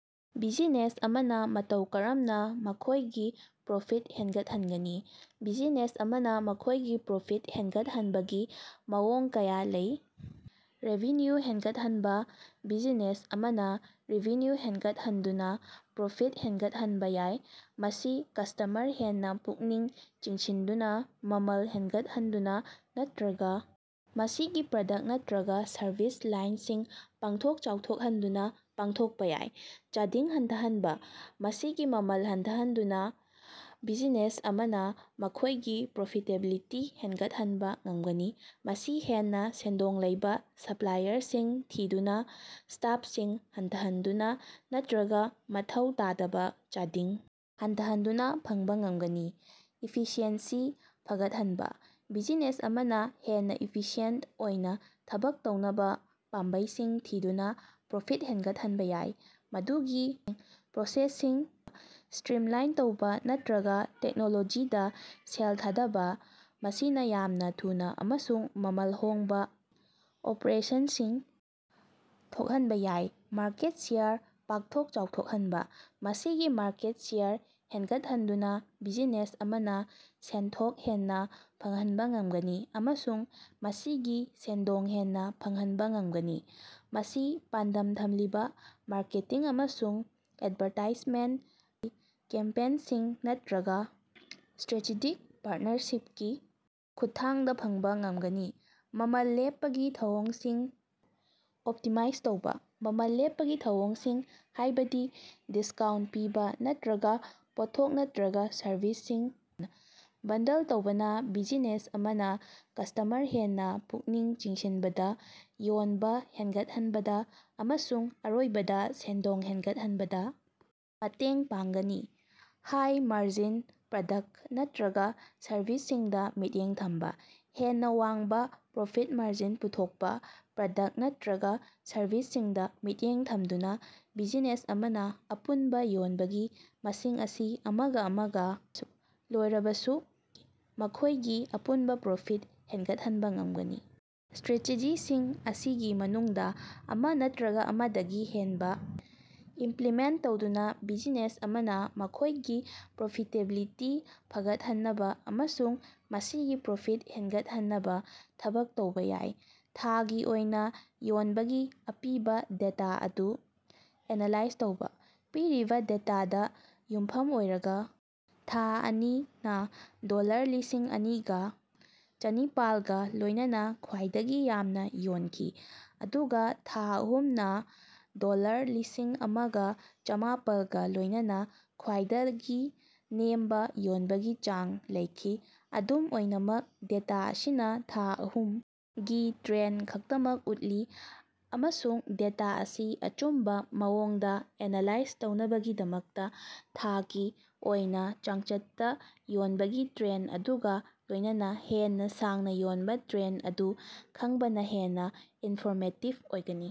Business ꯑꯃꯅ ꯃꯇꯧ ꯀꯔꯝꯅ ꯃꯈꯣꯏꯒꯤ ꯄ꯭ꯔꯣꯐꯤꯠ ꯍꯦꯟꯒꯠꯍꯟꯒꯅꯤ? ꯕꯤꯖꯤꯅꯦꯁ ꯑꯃꯅ ꯃꯈꯣꯏꯒꯤ ꯄ꯭ꯔꯣꯐꯤꯠ ꯍꯦꯟꯒꯠꯍꯟꯕꯒꯤ ꯃꯑꯣꯡ ꯀꯌꯥ ꯂꯩ - ꯔꯦꯚꯤꯅ꯭ꯌꯨ ꯍꯦꯟꯒꯠꯍꯟꯕ ꯕꯤꯖꯤꯅꯦꯁ ꯑꯃꯅ ꯔꯦꯚꯤꯅ꯭ꯌꯨ ꯍꯦꯟꯒꯠꯍꯟꯗꯨꯅ ꯄ꯭ꯔꯣꯐꯤꯠ ꯍꯦꯟꯒꯠꯍꯟꯕ ꯌꯥꯏ, ꯃꯁꯤ ꯀꯁ꯭ꯇꯃꯔ ꯍꯦꯟꯅ ꯄꯨꯛꯅꯤꯡ ꯆꯤꯡꯁꯤꯟꯗꯨꯅ, ꯃꯃꯜ ꯍꯦꯟꯒꯠꯍꯟꯗꯨꯅ ꯅꯠꯇꯔꯒ ꯃꯁꯤꯒꯤ ꯄ꯭ꯔꯗꯛꯇ ꯅꯠꯇꯔꯒ ꯁꯔꯕꯤꯁ ꯂꯥꯏꯟꯁꯤꯡ ꯄꯥꯛꯊꯣꯛ ꯆꯥꯎꯊꯣꯛꯍꯟꯗꯨꯅ ꯄꯥꯡꯊꯣꯛꯄ ꯌꯥꯏ꯫ ꯆꯥꯗꯤꯡ ꯍꯟꯊꯍꯟꯕ - ꯃꯁꯤꯒꯤ ꯃꯃꯜ ꯍꯟꯊꯍꯟꯗꯨꯅ ꯕꯤꯖꯤꯅꯦꯁ ꯑꯃꯅ ꯃꯈꯣꯏꯒꯤ ꯄ꯭ꯔꯣꯐꯤꯇꯦꯕꯤꯂꯤꯇꯤ ꯍꯦꯟꯒꯠꯍꯟꯕ ꯉꯝꯒꯅꯤ꯫ ꯃꯁꯤ ꯍꯦꯟꯅ ꯁꯦꯟꯗꯣꯡ ꯂꯩꯕꯥ ꯁꯞꯄ꯭ꯂꯥꯏꯌꯔꯁꯤꯡ ꯊꯤꯗꯨꯅ, ꯁ꯭ꯇꯥꯐꯁꯤꯡ ꯍꯟꯊꯍꯟꯗꯨꯅ ꯅꯠꯇꯔꯒ ꯃꯊꯧ ꯇꯥꯗꯕ ꯆꯥꯗꯤꯡ ꯍꯟꯊꯍꯟꯗꯨꯅ ꯐꯪꯕ ꯉꯝꯒꯅꯤ꯫ ꯏꯐꯤꯁꯤꯑꯦꯟꯁꯤ ꯐꯒꯠꯍꯟꯕ - ꯕꯤꯖꯤꯅꯦꯁ ꯑꯃꯅ ꯍꯦꯟꯅ ꯏꯐꯤꯁꯤꯌꯦꯟꯇ ꯑꯣꯏꯅ ꯊꯕꯛ ꯇꯧꯅꯕ ꯄꯥꯝꯕꯩꯁꯤꯡ ꯊꯤꯗꯨꯅ ꯄ꯭ꯔꯣꯐꯤꯠ ꯍꯦꯟꯒꯠꯍꯟꯕ ꯌꯥꯏ, ꯃꯗꯨꯗꯤ ꯄ꯭ꯔꯣꯁꯦꯁꯁꯤꯡ ꯁ꯭ꯇꯔꯤꯝꯂꯥꯏꯟ ꯇꯧꯕ‌ ꯅꯠꯇꯔꯒ ꯇꯦꯛꯅꯣꯂꯣꯖꯤꯗ ꯁꯦꯜ ꯊꯥꯗꯕ, ꯃꯁꯤꯅ ꯌꯥꯝꯅ ꯊꯨꯅ ꯑꯃꯁꯨꯡ ꯃꯃꯜ ꯍꯣꯡꯕ ꯑꯣꯄ꯭ꯔꯦꯁꯟꯁꯤꯡ ꯊꯣꯛꯍꯟꯕ ꯌꯥꯏ꯫ ꯃꯥꯔꯀꯦꯠ ꯁꯦꯌꯔ ꯄꯥꯛꯊꯣꯛ ꯆꯥꯎꯊꯣꯛꯍꯟꯕ - ꯃꯁꯤꯒꯤ ꯃꯥꯔꯀꯦꯠ ꯁꯦꯌꯔ ꯍꯦꯟꯒꯠꯍꯟꯗꯨꯅ ꯕꯤꯖꯤꯅꯦꯁ ꯑꯃꯅ ꯁꯦꯟꯊꯣꯛ ꯍꯦꯟꯅ ꯐꯪꯍꯟꯕ ꯉꯝꯒꯅꯤ ꯑꯃꯁꯨꯡ ꯃꯁꯤꯒꯤ ꯁꯦꯟꯗꯣꯡ ꯍꯦꯟꯅ ꯐꯪꯍꯟꯕ ꯉꯝꯒꯅꯤ꯫ ꯃꯁꯤ ꯄꯥꯟꯗꯝ ꯊꯝꯂꯤꯕ ꯃꯥꯔꯀꯦꯇꯤꯡ ꯑꯃꯁꯨꯡ ꯑꯦꯗꯚꯥꯔꯇꯥꯏꯖꯃꯦꯟꯇ ꯀꯦꯝꯄꯦꯟꯁꯤꯡ ꯅꯠꯇꯔꯒ ꯁ꯭ꯇꯔꯦꯇꯦꯖꯤꯛ ꯄꯥꯔꯇꯅꯔꯁꯤꯞꯀꯤ ꯈꯨꯠꯊꯥꯡꯗ ꯐꯪꯕ ꯉꯝꯒꯅꯤ꯫ ꯃꯃꯜ ꯂꯦꯞꯄꯒꯤ ꯊꯧꯑꯣꯡꯁꯤꯡ ꯑꯣꯞꯇꯤꯃꯥꯏꯖ ꯇꯧꯕ - ꯃꯃꯜ ꯂꯦꯞꯄꯒꯤ ꯊꯧꯑꯣꯡꯁꯤꯡ, ꯍꯥꯏꯕꯗꯤ ꯗꯤꯁꯀꯥꯎꯟꯇ ꯄꯤꯕ ꯅꯠꯇꯔꯒ ꯄꯣꯠꯊꯣꯛ ꯅꯠꯇꯔꯒ ꯁꯔꯚꯤꯁꯁꯤꯡ ꯕꯟꯗꯜ ꯇꯧꯕꯅ ꯕꯤꯖꯤꯅꯦꯁ ꯑꯃꯅ ꯀꯁ꯭ꯇꯃꯔ ꯍꯦꯟꯅ ꯄꯨꯛꯅꯤꯡ ꯆꯤꯡꯁꯤꯟꯕꯗ, ꯌꯣꯟꯕ ꯍꯦꯟꯒꯠꯍꯟꯕꯗ ꯑꯃꯁꯨꯡ ꯑꯔꯣꯏꯕꯗ ꯁꯦꯟꯗꯣꯡ ꯍꯦꯟꯒꯠꯍꯟꯕꯗ ꯃꯇꯦꯡ ꯄꯥꯡꯒꯅꯤ꯫ ꯍꯥꯏ-ꯃꯥꯔꯖꯤꯟ ꯄ꯭ꯔꯗꯛꯇ ꯅꯠꯇꯔꯒ ꯁꯔꯕꯤꯁꯁꯤꯡꯗ ꯃꯤꯠꯌꯦꯡ ꯊꯝꯕ - ꯍꯦꯟꯅ ꯋꯥꯡꯕ ꯄ꯭ꯔꯣꯐꯤꯠ ꯃꯥꯔꯖꯤꯟ ꯄꯨꯊꯣꯛꯄ ꯄ꯭ꯔꯗꯛꯇ ꯅꯠꯇꯔꯒ ꯁꯔꯕꯤꯁꯁꯤꯡꯗ ꯃꯤꯠꯌꯦꯡ ꯊꯝꯗꯨꯅ, ꯕꯤꯖꯤꯅꯦꯁ ꯑꯃꯅ ꯑꯄꯨꯟꯕ ꯌꯣꯟꯕꯒꯤ ꯃꯁꯤꯡ ꯑꯁꯤ ꯑꯃꯒ ꯑꯃꯒ ꯂꯣꯏꯔꯕꯁꯨ ꯃꯈꯣꯏꯒꯤ ꯑꯄꯨꯟꯕ ꯄ꯭ꯔꯣꯐꯤꯠ ꯍꯦꯟꯒꯠꯍꯟꯕ ꯉꯝꯒꯅꯤ꯫ ꯁ꯭ꯇꯔꯦꯇꯦꯖꯤꯁꯤꯡ ꯑꯁꯤꯒꯤ ꯃꯅꯨꯡꯗ ꯑꯃ ꯅꯠꯇꯔꯒ ꯑꯃꯗꯒꯤ ꯍꯦꯟꯕ ꯏꯝꯄ꯭ꯂꯤꯃꯦꯟꯇ ꯇꯧꯗꯨꯅ ꯕꯤꯖꯤꯅꯦꯁ ꯑꯃꯅ ꯃꯈꯣꯏꯒꯤ ꯄ꯭ꯔꯣꯐꯤꯇꯦꯕꯤꯂꯤꯇꯤ ꯐꯒꯠꯍꯟꯅꯕ ꯑꯃꯁꯨꯡ ꯃꯁꯤꯒꯤ ꯄ꯭ꯔꯣꯐꯤꯠ ꯍꯦꯟꯒꯠꯍꯟꯅꯕ ꯊꯕꯛ ꯇꯧꯕ ꯌꯥꯏ꯫ ꯊꯥꯒꯤ ꯑꯣꯏꯅ ꯌꯣꯟꯕꯒꯤ ꯑꯄꯤꯕ ꯗꯦꯇꯥ ꯑꯗꯨ ꯑꯦꯅꯥꯂꯥꯏꯖ ꯇꯧꯕ꯫ ꯄꯤꯔꯤꯕ ꯗꯦꯇꯥꯗ ꯌꯨꯝꯐꯝ ꯑꯣꯏꯔꯒ‌ ꯊꯥ ꯑꯅꯤ ꯅꯥ ꯗꯣꯂꯔ ꯂꯤꯁꯤꯡ ꯑꯅꯤꯒ ꯆꯅꯤꯄꯥꯜ ꯒꯥ ꯂꯣꯏꯅꯅ ꯈ꯭ꯋꯥꯏꯗꯒꯤ ꯌꯥꯝꯅ ꯌꯣꯟꯈꯤ, ꯑꯗꯨꯒ ꯊꯥ ꯑꯍꯨꯝ ꯅꯥ ꯗꯣꯂꯔ ꯂꯤꯁꯤꯜ ꯑꯃꯒ ꯆꯃꯥꯄꯜ ꯒꯥ ꯂꯣꯏꯅꯅ ꯈ꯭ꯋꯥꯏꯗꯒꯤ ꯅꯦꯝꯕ ꯌꯣꯟꯕꯒꯤ ꯆꯥꯡ ꯂꯩꯈꯤ꯫ ꯑꯗꯨꯝ ꯑꯣꯏꯅꯃꯛ, ꯗꯦꯇꯥ ꯑꯁꯤꯅ ꯊꯥ ꯑꯍꯨꯝ ꯒꯤ ꯇ꯭ꯔꯦꯟꯗ ꯈꯛꯇꯃꯛ ꯎꯠꯂꯤ ꯑꯃꯁꯨꯡ ꯗꯦꯇꯥ ꯑꯁꯤ ꯑꯆꯨꯝꯕ ꯃꯑꯣꯡꯗ ꯑꯦꯅꯥꯂꯥꯏꯖ ꯇꯧꯅꯕꯒꯤꯗꯃꯛꯇ ꯊꯥꯒꯤ ꯑꯣꯏꯅ ꯆꯥꯡꯆꯠꯇ ꯌꯣꯟꯕꯒꯤ ꯇ꯭ꯔꯦꯟꯗ ꯑꯗꯨꯒ ꯂꯣꯏꯅꯅ ꯍꯦꯟꯅ ꯁꯥꯡꯅ ꯌꯣꯟꯕ ꯇ꯭ꯔꯦꯟꯗ ꯑꯗꯨ ꯈꯪꯕꯅ ꯍꯦꯟꯅ ꯏꯟꯐꯣꯔꯃꯦꯇꯤꯕ ꯑꯣꯏꯒꯅꯤ꯫